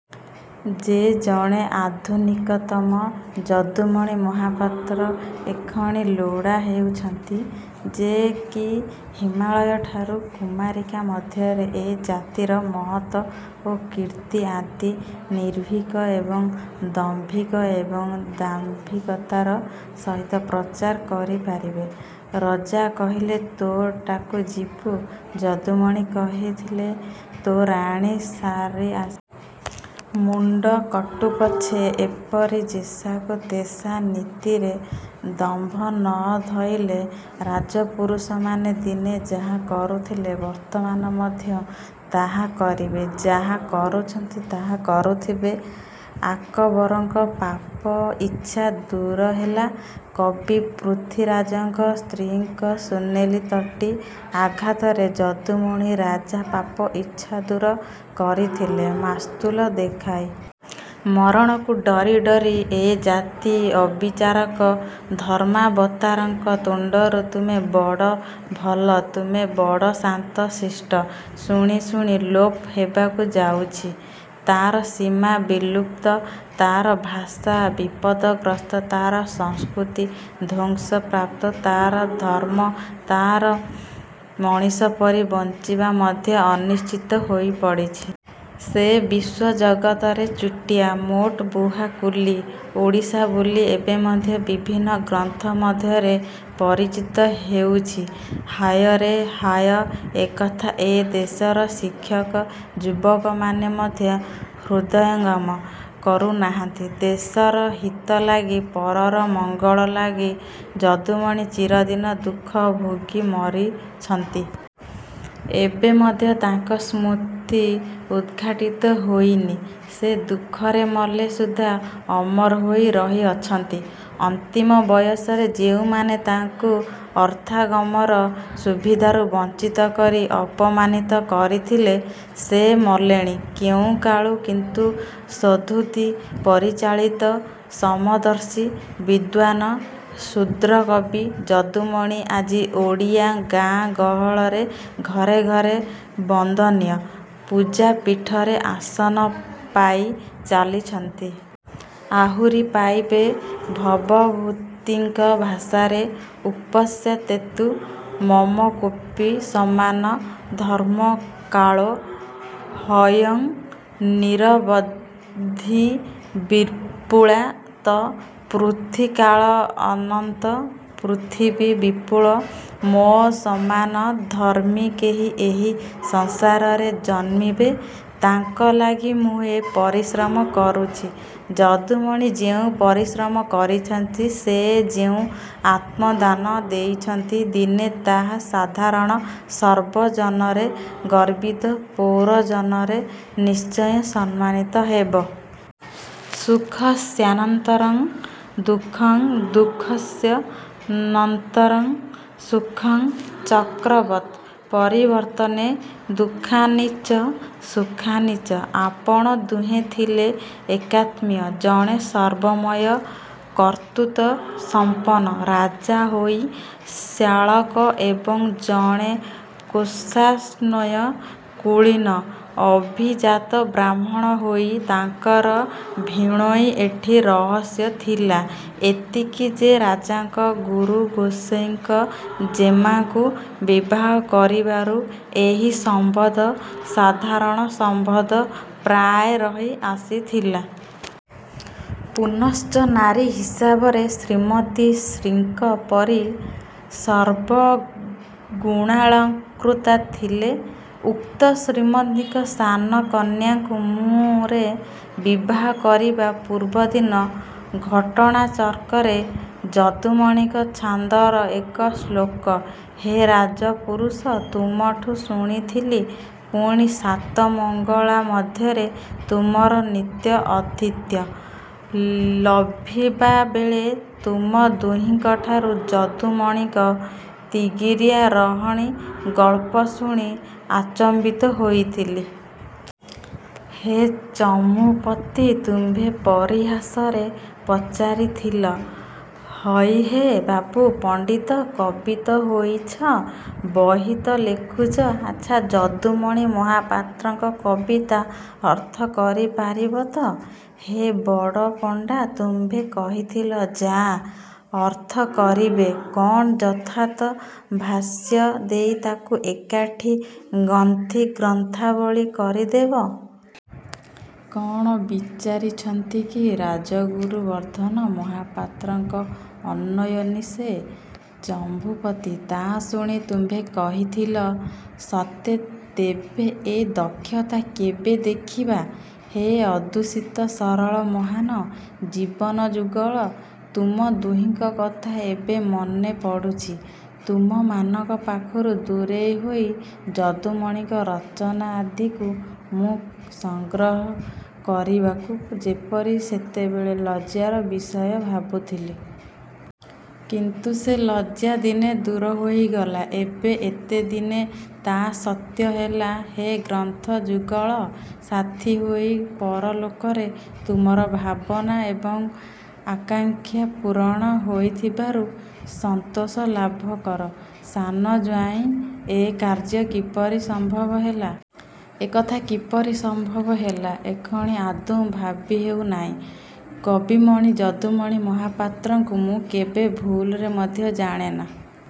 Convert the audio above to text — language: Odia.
ଯେ ଜଣେ ଆଧୁନିକତମ ଯଦୁମଣି ମହାପାତ୍ର ଏକ୍ଷଣି ଲୋଡ଼ା ହେଉଛନ୍ତି-ଯେ କି ହିମାଳୟଠାରୁ କୁମାରିକା ମଧ୍ୟରେ ଏ ଜାତିର ମହତ୍ୱ ଓ କୀର୍ତ୍ତି ଆଦି ନିର୍ଭୀକ ଏବଂ ଦମ୍ଭୀକ ଏବଂ ଦାମ୍ଭୀକତାର ସହିତ ପ୍ରଚାର କରିପାରିବେ। ରଜା କହିଲେ 'ତୋ' ଟାକୁ ଯିବୁ-ଯଦୁମଣି କହିଥିଲେ-'ତୋ ରାଣୀ' ସାରି ଆସେ। ମୁଣ୍ଡ କଟୁପଛେ ଏପରି ଯେସାକୁ ତେସା ନୀତିରେ ଦମ୍ଭ ନ ଧଇଲେ, ରାଜପୁରୁଷମାନେ ଦିନେ ଯାହା କରୁଥିଲେ ବର୍ତ୍ତମାନ ମଧ୍ୟ ତା କରିବେ। ଯାହା କରୁଛନ୍ତି ତା କରୁଥିବେ। ଆକବରଙ୍କ ପାପ ଇଚ୍ଛା ଦୂରହେଲା, କବି ପୃଥ୍ୱୀରାଜଙ୍କ ସ୍ତ୍ରୀଙ୍କ ସୁନେଲି ତଟି ଆଘାତରେ। ଯଦୁମଣି ରାଜା ପାପ ଇଚ୍ଛା ଦୂର କରିଥିଲେ- ମାସ୍ତୁଲ ଦେଖାଇ। ମରଣକୁ ଡରି ଡରି ଏ ଜାତି ଅବିଚାରକ ଧର୍ମାବତାରଙ୍କ ତୁଣ୍ଡରୁ 'ତୁମେ ବଡ଼ ଭଲ, ତୁମେ ବଡ଼ ଶାନ୍ତ ଶିଷ୍ଟ' ଶୁଣି ଶୁଣି ଲୋପ ହେବାକୁ ଯାଉଛି। ତାର ସୀମା ବିଲୁପ୍ତ, ତାର ଭାଷା ବିପଦଗ୍ରସ୍ତ, ତାର ସଂସ୍କୃତି ଧ୍ୱଂସପ୍ରାପ୍ତ, ତାର ଧର୍ମ୍ମ, ତାର ମଣିଷ ପରି ବଞ୍ଚିବା ମଧ୍ୟ ଅନିଶ୍ଚିତ ହୋଇପଡ଼ିଛି। ସେ ବିଶ୍ୱଜଗତରେ ଚୁଟିଆ, ମୋଟବୁହା, କୁଲି ଓଡ଼ିଆ ବୋଲି ଏବେ ମଧ୍ୟ ବିଭିନ୍ନ ଗ୍ରନ୍ଥ ମଧ୍ୟରେ ପରିଚିତ ହେଉଛି। ହାୟରେ ହାୟ, ଏ କଥା ଏ ଦେଶର ଶିକ୍ଷତ ଯୁବକମାନେ ମଧ୍ୟ ହୃଦୟଙ୍ଗମ କରୁନାହାନ୍ତି-। ଦେଶର ହିତ ଲାଗି, ପରର ମଙ୍ଗଳ ଲାଗି ଯଦୁମଣି ଚିରଦିନ ଦୁଃଖ ଭୋଗି ମରିଛନ୍ତି-। ଏବେ ମଧ୍ୟ ତାଙ୍କ ସ୍କୃତି ଉଦ୍ଘାଟିତ ହୋଇନି। ସେ ଦୁଃଖରେ ମଲେ ସୁଦ୍ଧା ଅମର ହୋଇ ରହିଅଛନ୍ତି। ଅନ୍ତିମ ବୟସରେ ଯେଉଁମାନେ ତାଙ୍କୁ ଅର୍ଥାଗମର ସୁବିଧାରୁ ବଞ୍ଚିତ କରି ଅପମାନିତ କରିଥିଲେ, ସେ ମଲେଣି କେଉଁକାଳୁ, କିନ୍ତୁ ସଦ୍ବୁଦ୍ଧି ପରିଚାଳିତ ସମଦର୍ଶୀ ବିଦ୍ୱାନ ଶୁଦ୍ରକବି ଯଦୁମଣି ଆଜି ଓଡ଼ିଆ ଗାଁ ଗହଳରେ ଘରେ ଘରେ ବନ୍ଦନୀୟ ପୂଜାପୀଠରେ ଆସନ ପାଇ ଚାଲିଛନ୍ତି। ଆହୁରି ପାଇବେ। ଭବଭୂତିଙ୍କ ଭାଷାରେ- ଉପତ୍ସ୍ୟତେତୁ ମମକୋପି ସମାନ ଧର୍ମ୍ମ। କାଳୋ ହ୍ୟୟଂ ନିରବଧିର୍ବିପୂଳା ତ ପୃଥ୍ୱୀ କାଳ ଅନନ୍ତ, ପୃଥିବୀ ବିପୁଳ, ମୋ ସମାନ ଧର୍ମ୍ମୀ କେହି ଏହି ସଂସାରରେ ଜନ୍ମିବେ। ତାଙ୍କ ଲାଗି ମୁଁ ଏ ପରିଶ୍ରମ କରୁଛି। ଯଦୁମଣି ଯେଉଁ ପରିଶ୍ରମ କରିଛନ୍ତି, ସେ ଯେଉଁ ଆତ୍ମଦାନ ଦେଇଛନ୍ତି, ଦିନେ ତାହା ସାଧାରଣ ସର୍ବଜନରେ ଗର୍ବିତ ପୌରଜନରେ ନିଶ୍ଚୟ ସମ୍ମାନିତ ହେବ। ସୁଖସ୍ୟାନନ୍ତରଂ ଦୁଃଖଂ ଦୁଃଖସ୍ୟ ନନ୍ତରଂ ସୁଖଂ ଚକ୍ରବତ୍ ପରିବର୍ତ୍ତନେ ଦୁଃଖାନି ଚ ସୁଖାନି ଚ। ଆପଣ ଦୁହେଁ ଥିଲେ ଏକାତ୍ମୀୟ। ଜଣେ ସର୍ବମୟ କର୍ତ୍ତୃତ୍ୱସଂପନ୍ନ ରାଜା ହୋଇ ଶ୍ୟାଳକ ଏବଂ ଜଣେ କୌତ୍ସସାନ୍ୱୟ କୁଳୀନ ଅଭିଜାତ ବ୍ରାହ୍ମଣ ହୋଇ ତାଙ୍କର ଭିଣୋଇଁ। ଏଠି ରହସ୍ୟ ଥିଲା ଏତିକି ଯେ ରାଜାଙ୍କ ଗୁରୁଗୋସେଇଁଙ୍କ ଜେମାଙ୍କୁ ବିବାହକରିବାରୁ ଏହି ସମ୍ବନ୍ଧ ସାଧାରଣ ସମ୍ବନ୍ଧ ପ୍ରାୟ ରହି ଆସିଥିଲା। ପୁନଶ୍ଚ ନାରୀ ହିସାବରେ 'ଶ୍ରୀମତୀ' ଶ୍ରୀଙ୍କ ପରି ସର୍ବଗୁଣାଳଂକୃତା ଥିଲେ। ଉକ୍ତ ଶ୍ରୀମତୀଙ୍କ ସାନ କନ୍ୟାଙ୍କୁ ମୁଁ ରେ ବିବାହ କରିବା ପୂର୍ବଦିନ ଘଟଣାଚକ୍ରରେ ଯଦୁମଣିଙ୍କ ଛାନ୍ଦର ଏକ ଶ୍ଲୋକ ହେ ରାଜପୁରୁଷ! ତୁମଠୁ ଶୁଣିଥିଲି; ପୁଣି ସାତ ମଙ୍ଗଳା ମଧ୍ୟରେ ତୁମର ନିତ୍ୟ ଅତିଥ୍ୟ ଲଭିବାବେଳେ ତୁମ ଦୁହିଁଙ୍କଠାରୁ ଯଦୁମଣିଙ୍କ ତିଗିରିଆ ରହଣି ଗଳ୍ପ ଶୁଣି ଆଚମ୍ବିତ ହେଉଥିଲି। ହେ ଚମୁପତି! ତୁମ୍ଭେ ପରିହାସରେ ପଚାରିଥିଲ- 'ହଇହେ ବାବୁ! ପଣ୍ଡିତ, କବି ତ ହୋଇଛ; ବହି ତ ଲେଖୁଛ, ଆଚ୍ଛା ଯଦୁମଣି ମାହାପତ୍ରଙ୍କ କବିତା ଅର୍ଥ କରିପାରିବତ? ହେ ବଡ଼ପଣ୍ଡା! ତୁମ୍ଭେ କହିଥିଲ-'ଯାଃ, ଅର୍ଥ କରିବେ କ'ଣ, ଯଥାର୍ଥ ଭାଷ୍ୟ ଦେଇ ତାକୁ ଏକାଠି ଗୁନ୍ଥି ଗ୍ରନ୍ଥାବଳୀ କରିଦେବେ। କ'ଣ ବିଚାରିଛନ୍ତି କି? ରାଜଗୁରୁ ବର୍ଦ୍ଧନ ମହାପାତ୍ରଙ୍କ ଅନ୍ୱୟଟି ସେ? ' ଚମୂପତି, ତା'ଶୁଣି ତୁମ୍ଭେ କହିଥିଲ-'ସତେ! ତେବେ ଏ ଦକ୍ଷତା କେବେ ଦେଖିବା? ' ହେ ଅଦୂଷିତ ସରଳ ମହାନ ଜୀବନ ଯୁଗଳ! ତୁମ ଦୁହିଙ୍କ କଥା ଏବେ ମନେ ପଡ଼ୁଛି। ତୁମମାନଙ୍କ ପାଖରୁ ଦୂରେଇ ହୋଇ ଯଦୁମଣିଙ୍କ ରଚନା ଆଦିକୁ ମୁଁ ସଂଗ୍ରହ କରିବାକୁ ଯେପରି ସେତେବେଳେ ଲଜ୍ଜାର ବିଷୟ ଭାବୁଥିଲି। କିନ୍ତୁ ସେ ଲଜ୍ଜା ଦିନେ ଦୂର ହୋଇଗଲା। ଏବେ ଏତେ ଦିନେ ତା ସତ୍ୟ ହେଲା। ହେ ଗ୍ରନ୍ଥ ଯୁଗଳ! ସାଥି ହୋଇ ପରଲୋକରେ ତୁମର ଭାବନା ଏବଂ ଆକାଙ୍କ୍ଷା ପୂରଣ ହୋଇଥିବାରୁ ସନ୍ତୋଷ ଲାଭ କର। ସାନ ଜୁଆଁଇ ଏ କାର୍ଯ୍ୟ କିପରି ସମ୍ଭବ ହେଲା? ଏକଥା କିପରି ସମ୍ଭବ ହେଲା, ଏକ୍ଷଣି ଆଦୌ ଭାବି ହେଉ ନାହିଁ। କବିମଣି ଯଦୁମଣି ମହାପାତ୍ରଙ୍କୁ ମୁଁ କେବେ ଭୁଲରେ ମଧ୍ୟ ଜାଣେନା।